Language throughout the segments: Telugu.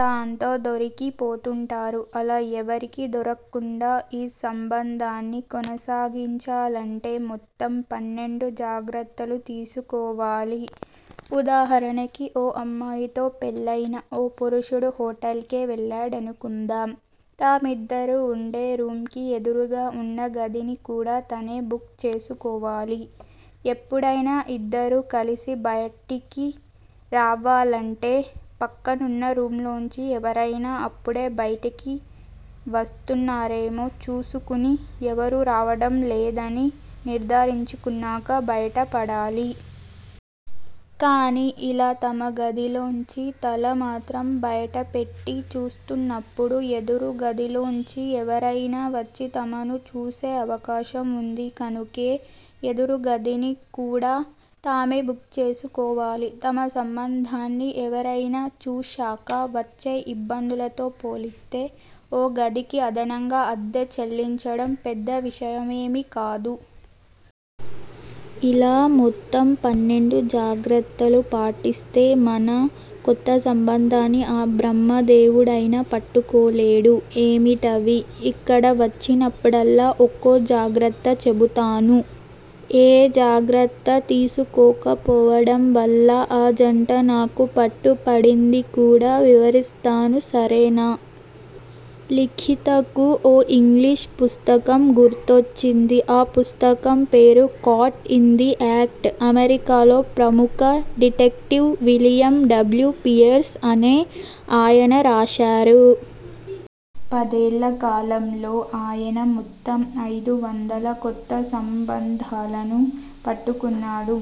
దాంతో దొరికిపోతుంటారు. అలా ఎవరికీ దొరక్కుండా ఈ సంబంధాన్ని కొనసాగించాలంటే మొత్తం పన్నెండు జాగ్రత్తలు తీసుకోవాలి. ఉదాహరణకి ఓ అమ్మాయితో పెళ్ళయిన ఓ పురుషుడు హోటల్ కే వెళ్ళాడనుకుందాం. తామిద్దరూ వుండే రూమ్ కి ఎదురుగా వున్న గదిని కూడా తనే బుక్ చేసుకోవాలి. ఎప్పుడయినా ఇద్దరూ కలిసి బయటికి రావాలంటే పక్కనున్న రూమ్ లోంచి ఎవరయినా అప్పుడే బయటికి వస్తున్నారేమో చూసుకుని ఎవరూ రావడం లేదని నిర్దారించుకున్నాక బయటపడాలి. కానీ ఇలా తమ గదిలోంచి తల మాత్రం బయటపెట్టి చూస్తున్నప్పుడు ఎదురుగదిలోంచి ఎవరయినా వచ్చి తమను చూసే అవకాశం వుంది. కనుకే ఎదురుగదిని కూడా తామే బుక్ చేసుకోవాలి. తమ సంబంధాన్ని ఎవరయినా చూశాక వచ్చే ఇబ్బందులతో పోలిస్తే ఓ గదికి అదనంగా అద్దె చెల్లించడం పెద్ద విషయమేమీ కాదు. ఇలా మొత్తం పన్నెండు జాగ్రత్తలు పాటిస్తే మన కొత్త సంబంధాన్ని ఆ బ్రహ్మదేవుడైనా పట్టుకోలేడు. ఏమిటవి? ఇక్కడికి వచ్చినప్పుడల్లా ఒక్కో జాగ్రత్త చెబుతాను. ఏ జాగ్రత్త తీసుకోకపోవడంవల్ల ఆ జంట నాకు పట్టుపడింది కూడా వివరిస్తాను. సరేనా? లిఖితకు ఓ ఇంగ్లీషు పుస్తకం గుర్తొచ్చింది. ఆ పుస్తకం పేరు 'కాట్ ఇన్ ది యాక్ట్' అమెరికాలో ప్రముఖ డిటెక్టివ్ విలియం డబ్ల్యు పియర్స్ అనే ఆయన రాశారు. పదేళ్ళ కాలంలో ఆయన మొత్తం ఐదువందల కొత్త సంబంధాలను పట్టుకున్నాడు.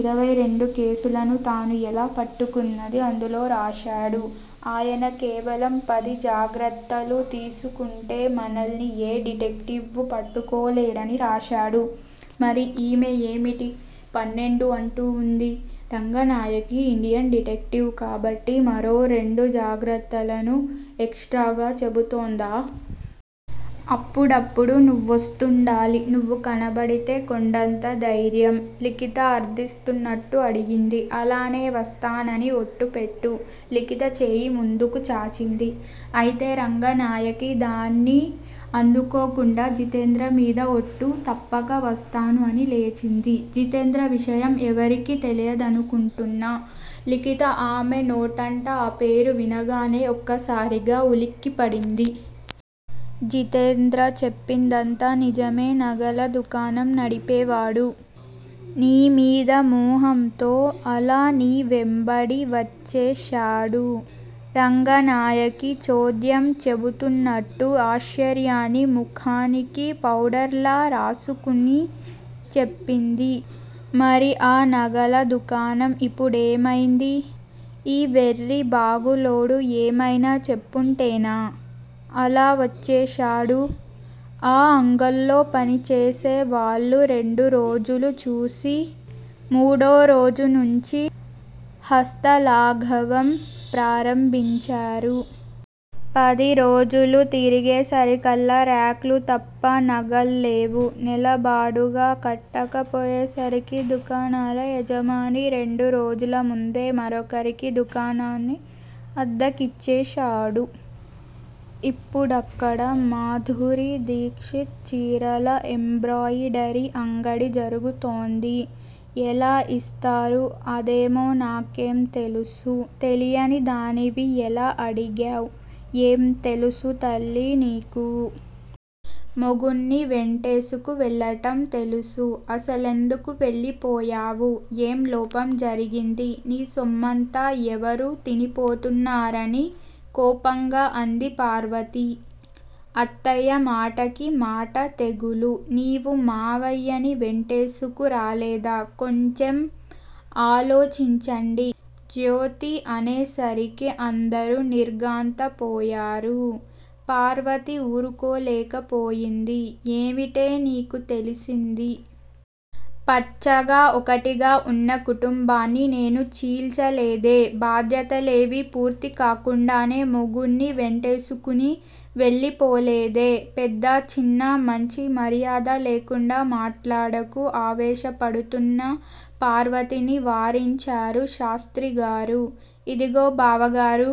ఇరవై రెండు కేసులను తాను ఎలా పట్టుకున్నదీ అందులో రాశాడు. ఆయన కేవలం పది జాగ్రత్తలు తీసుకుంటే మనల్ని ఏ డిటెక్టివ్వూ పట్టుకోలేడని రాశాడు. మరి ఈమె ఏమిటి పన్నెండు అంటూ వుంది. రంగనాయకి ఇండియన్ డిటెక్టివ్ కాబట్టి మరో రెండు జాగ్రత్తలను ఎక్ స్ట్రాగా చెబుతోందా? అప్పుడప్పుడూ నువ్వొస్తుండాలి. నువ్వు కనబడితే కొండంత ధైర్యం లిఖిత అర్దిస్తున్నట్టు అడిగింది. అలానే వస్తానని ఒట్టు పెట్టు లిఖిత చేయి ముందుకు చాచింది. అయితే రంగనాయకి దాన్ని అందుకోకుండా జితేంద్రమీద ఒట్టు- తప్పక వస్తాను అని లేచింది. జితేంద్ర విషయం ఎవరికీ తెలియదనుకుంటున్న లిఖిత ఆమె నోటంట ఆ పేరు వినగానే ఒక్కసారిగా ఉలిక్కిపడింది. జితేంద్ర చెప్పిందంతా నిజమే నగల దుకాణం నడిపేవాడు. నీమీది మోహంతో అలా నీ వెంబడి వచ్చేశాడు రంగనాయకి చోద్యం చెబుతున్నట్టు ఆశ్చర్యాన్ని ముఖానికి పౌడర్ లా రాసుకుని చెప్పింది. మరి ఆ నగల దుకాణం ఇప్పుడేమైంది! ఈ వెర్రిబాగులోడు ఏమైనా చెప్పుంటేనా? అలా వచ్చేశాడు. ఆ అంగల్లో పనిచేసే వాళ్ళు రెండురోజులు చూసి మూడోరోజు నుంచి హస్తలాఘవం ప్రారంభించారు. పదిరోజులు తిరిగేసరికల్లా రాక్ లు తప్ప నగల్లేవు. నెల బాడుగ కట్టకపోయేసరికి దుకాణాల యజమాని రెండురోజుల ముందే మరొకరికి దుకాణాన్ని అద్దెకిచ్చేశాడు. ఇప్పుడక్కడ మాధురీదీక్షిత్ చీరల ఎంబ్రాయిడరీ అంగడి జరుగుతోంది। ఎలా యిస్తారు అదేమో నాకేం తెలుసు. తెలియనిదానివి ఎలా అడిగావ్? ఏం తెలుసు తల్లి నీకు? మొగుణ్ని వెంటేసుకు వెళ్ళటం తెలుసు? అసలెందుకు వెళ్ళిపోయావు. ఏం లోపం జరిగింది? నీ సొమ్మంతా ఎవరు తినిపోతున్నారని? కోపంగా అంది పార్వతి. అత్తయ్యా! మాటకి మాట తెగులు! నీవూ మావయ్యని వెంటేసుకురాలేదా? కొంచెం ఆలోచించండి. జ్యోతి అనేసరికి అందరూ నిర్ఘాంతపోయారు. పార్వతి వూరుకోలేక పోయింది. ఏవిటే నీకు తెలిసింది. పచ్చగా ఒకటిగా వున్న కుటుంబాన్ని నేను చీల్చలేదే? బాధ్యతలేవీ పూర్తి కాకుండానే మొగుణ్ని వెంటేసుకుని వెళ్ళిపోలేదే? పెద్దా చిన్నా, మంచీ మర్యాదా లేకుండా మాట్లాడకు ఆవేశపడుతున్న పార్వతిని వారించారు శాస్త్రిగారు. ఇదిగో బావగారూ!